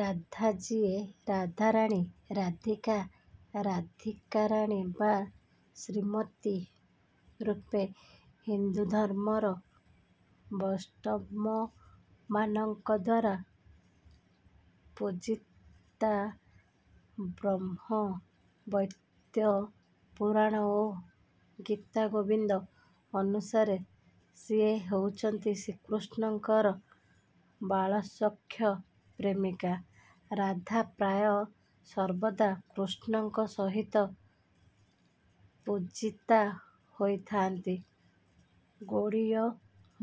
ରାଧା ଯିଏ ରାଧାରାଣୀ ରାଧିକା ରାଧୀକାରାଣୀ ବା ଶ୍ରୀମତୀ ରୂପେ ହିନ୍ଦୁଧର୍ମର ବୈଷ୍ଣବମାନଙ୍କଦ୍ୱାରା ପୂଜିତା ବ୍ରହ୍ମ ବୈର୍ତ ପୁରାଣ ଓ ଗୀତ ଗୋବିନ୍ଦ ଅନୁସାରେ ସିଏ ହେଉଛନ୍ତି ଶ୍ରୀକୃଷ୍ଣଙ୍କର ବାଳସଖି ପ୍ରେମିକା। ରାଧା ପ୍ରାୟ ସର୍ବଦା କୃଷ୍ଣଙ୍କ ସହିତ ପୂଜିତା ହୋଇଥାନ୍ତି। ଗୌଡ଼ୀୟ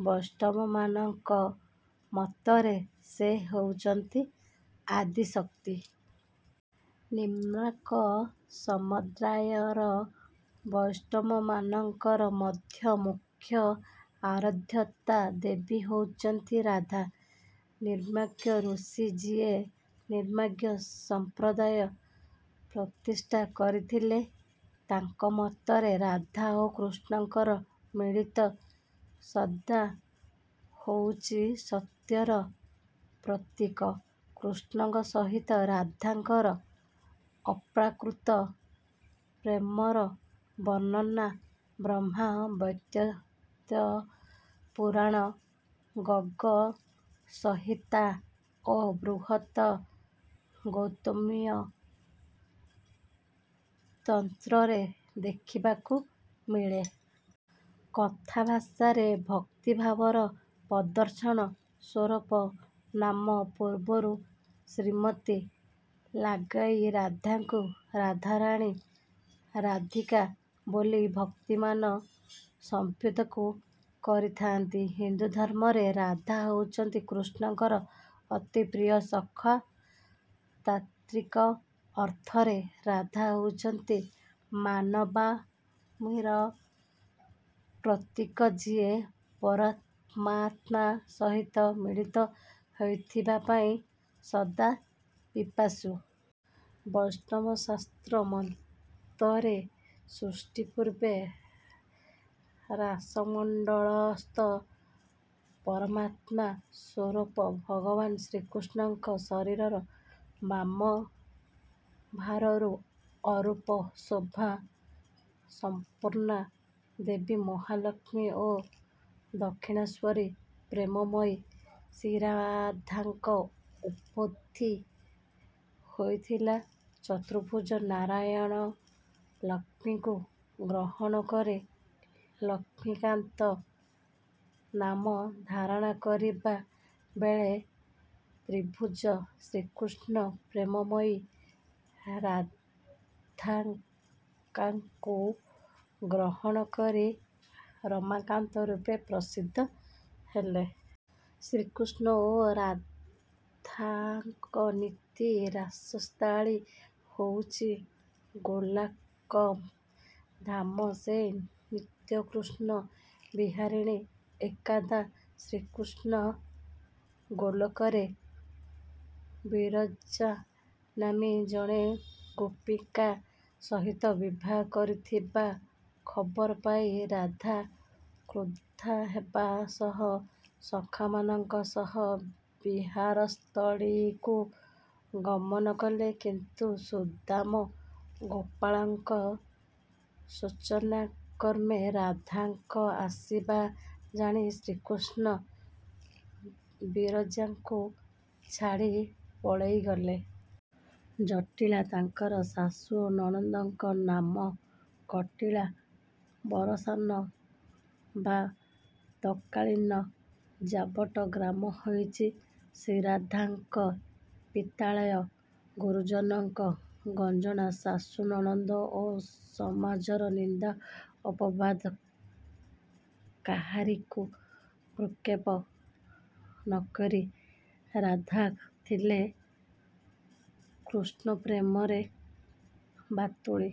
ବୈଷ୍ଣବମାନଙ୍କ ମତରେ ସେ ହେଉଛନ୍ତି ଆଦିଶକ୍ତି। ନିମ୍ବାର୍କ ସମ୍ପ୍ରଦାୟର ବୈଷ୍ଣବମାନଙ୍କର ମଧ୍ୟ ମୂଖ୍ୟ ଆରାଧିତା ଦେବୀ ହେଉଛନ୍ତି ରାଧା। ନିମ୍ବାର୍କ ଋଷି ଯିଏ ନିମ୍ବାର୍କ ସମ୍ପ୍ରଦାୟ ପ୍ରତିଷ୍ଠା କରିଥିଲେ ତାଙ୍କ ମତରେ ରାଧା ଓ କୃଷ୍ଣଙ୍କର ମିଳିତ ସତ୍ତା ହେଉଛି ସତ୍ୟର ପ୍ରତୀକ। କୃଷ୍ଣଙ୍କ ସହିତ ରାଧାଙ୍କର ଅପ୍ରାକୃତ ପ୍ରେମର ବର୍ଣ୍ଣନା ବ୍ରହ୍ମ ବୈବର୍ତ ପୁରାଣ ଗର୍ଗ ସଂହିତା ଓ ବୃହଦ୍ ଗୌତମୀୟ ତନ୍ତ୍ରରେ ଦେଖିବାକୁ ମିଳେ। କଥାଭାଷାରେ ଭକ୍ତିଭାବର ପ୍ରଦର୍ଶନ ସ୍ୱରୂପ ନାମ ପୂର୍ବରୁ ଶ୍ରୀମତୀ ଲାଗାଇ ରାଧାଙ୍କୁ ରାଧାରାଣୀ ରାଧିକା ବୋଲି ଭକ୍ତମାନେ ସମ୍ବୋଧିତ କରିଥାନ୍ତି। ହିନ୍ଦୁଧର୍ମରେ ରାଧା ହେଉଛନ୍ତି କୃଷ୍ଣଙ୍କର ଅତିପ୍ରିୟ ସଖି। ତାତ୍ୱିକ ଅର୍ଥରେ ରାଧା ହେଉଛନ୍ତି ମାନବାତ୍ମାର ପ୍ରତୀକ ଯିଏ ପରମାତ୍ମା ସହିତ ମିଳିତ ହେବାପାଇଁ ସଦା ପିପାସୁ। ବୈଷ୍ଣବ ଶାସ୍ତ୍ର ମତରେ ସୃଷ୍ଟି ପୂର୍ବେ ରାସମଣ୍ଡଳସ୍ଥ ପରମାତ୍ମା ସ୍ୱରୂପ ଭଗବାନ ଶ୍ରୀକୃଷ୍ଣଙ୍କ ଶରୀରର ବାମ ଭାରରୁ ଅପରୂପ ଶୋଭା ସମ୍ପନ୍ନା ଦେବୀ ମହାଲକ୍ଷ୍ମୀ ଓ ଦକ୍ଷିଣାଂସ୍ୱରି ପ୍ରେମମୟୀ ଶ୍ରୀରାଧାଙ୍କ ଉତ୍ପତ୍ତି ହୋଇଥିଲା ଚତୁର୍ଭୁଜ ନାରାୟଣ ଲକ୍ଷ୍ମୀଙ୍କୁ ଗ୍ରହଣ କରି ଲକ୍ଷ୍ମୀକାନ୍ତ ନାମ ଧାରଣ କରିଥିବା ବେଳେ ଦ୍ୱିଭୁଜ ଶ୍ରୀକୃଷ୍ଣ ପ୍ରେମମୟୀ ରାଧାକାଙ୍କୁ ଗ୍ରହଣ କରି ରାଧକାନ୍ତ ରୂପେ ପ୍ରସିଦ୍ଧ ହେଲେ। ଶ୍ରୀକୃଷ୍ଣ ଓ ରାଧଙ୍କ ନିତ୍ୟ ରାସସ୍ଥଳୀ ହୋଉଚି ଗୋଲୋକ ଧାମ ସେ ନିତ୍ୟ କୃଷ୍ଣ ବିହାରିଣୀ ଏକଦା ଶ୍ରୀକୃଷ୍ଣ ଗୋଲୋକରେ ବିରଜା ନାମ୍ନୀ ଜଣେ ଗୋପୀକା ସହିତ ବିହାର କରୁଥିବା ଖବର ପାଇ ରାଧା କ୍ରୁଧା ହେବା ସହ ସଖିମାନଙ୍କ ସହ ବିହାରସ୍ଥଳୀକୁ ଗମନ କଲେ କିନ୍ତୁ ସୁଦାମ ଗୋପାଳଙ୍କ ସୂଚନାକ୍ରମେ ରାଧାଙ୍କ ଆସିବା ଜାଣି ଶ୍ରୀକୃଷ୍ଣ ବିରଜାଙ୍କୁ ଛାଡି ପଳାଇଗଲେ। ଜଟିଳା ତାଙ୍କର ଶାଶୁ ଓ ନଣନ୍ଦଙ୍କ ନାମ କଟିଳା ବରସାନା ବା ତତ୍କାଳୀନ ଯାବଟ ଗ୍ରାମ ହେଉଛି ଶ୍ରୀରାଧାଙ୍କ ପିତ୍ରାଳୟ। ଗୁରୁଜନଙ୍କ ଗଞ୍ଜଣା ଶାଶୁ ନଣନ୍ଦ ଓ ସମାଜର ନିନ୍ଦା ଅପବାଦ କାହାରିକୁ ଭ୍ରୂକ୍ଷେପ ନକରି ରାଧା ଥିଲେ କୃଷ୍ଣପ୍ରେମରେ ବାତୁଳୀ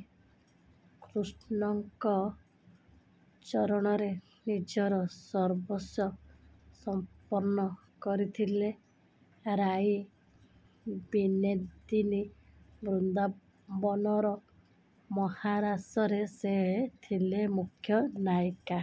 କୃଷ୍ଣଙ୍କ ଚରଣରେ ନିଜର ସର୍ବସ୍ୱ ସମ୍ପର୍ଣ୍ଣ କରିଥିଲେ ରାଇ ବିନେଦିନୀ ବୃନ୍ଦାବନର ମହାରାସରେ ସେ ଥିଲେ ମୁଖ୍ୟ ନାୟିକା।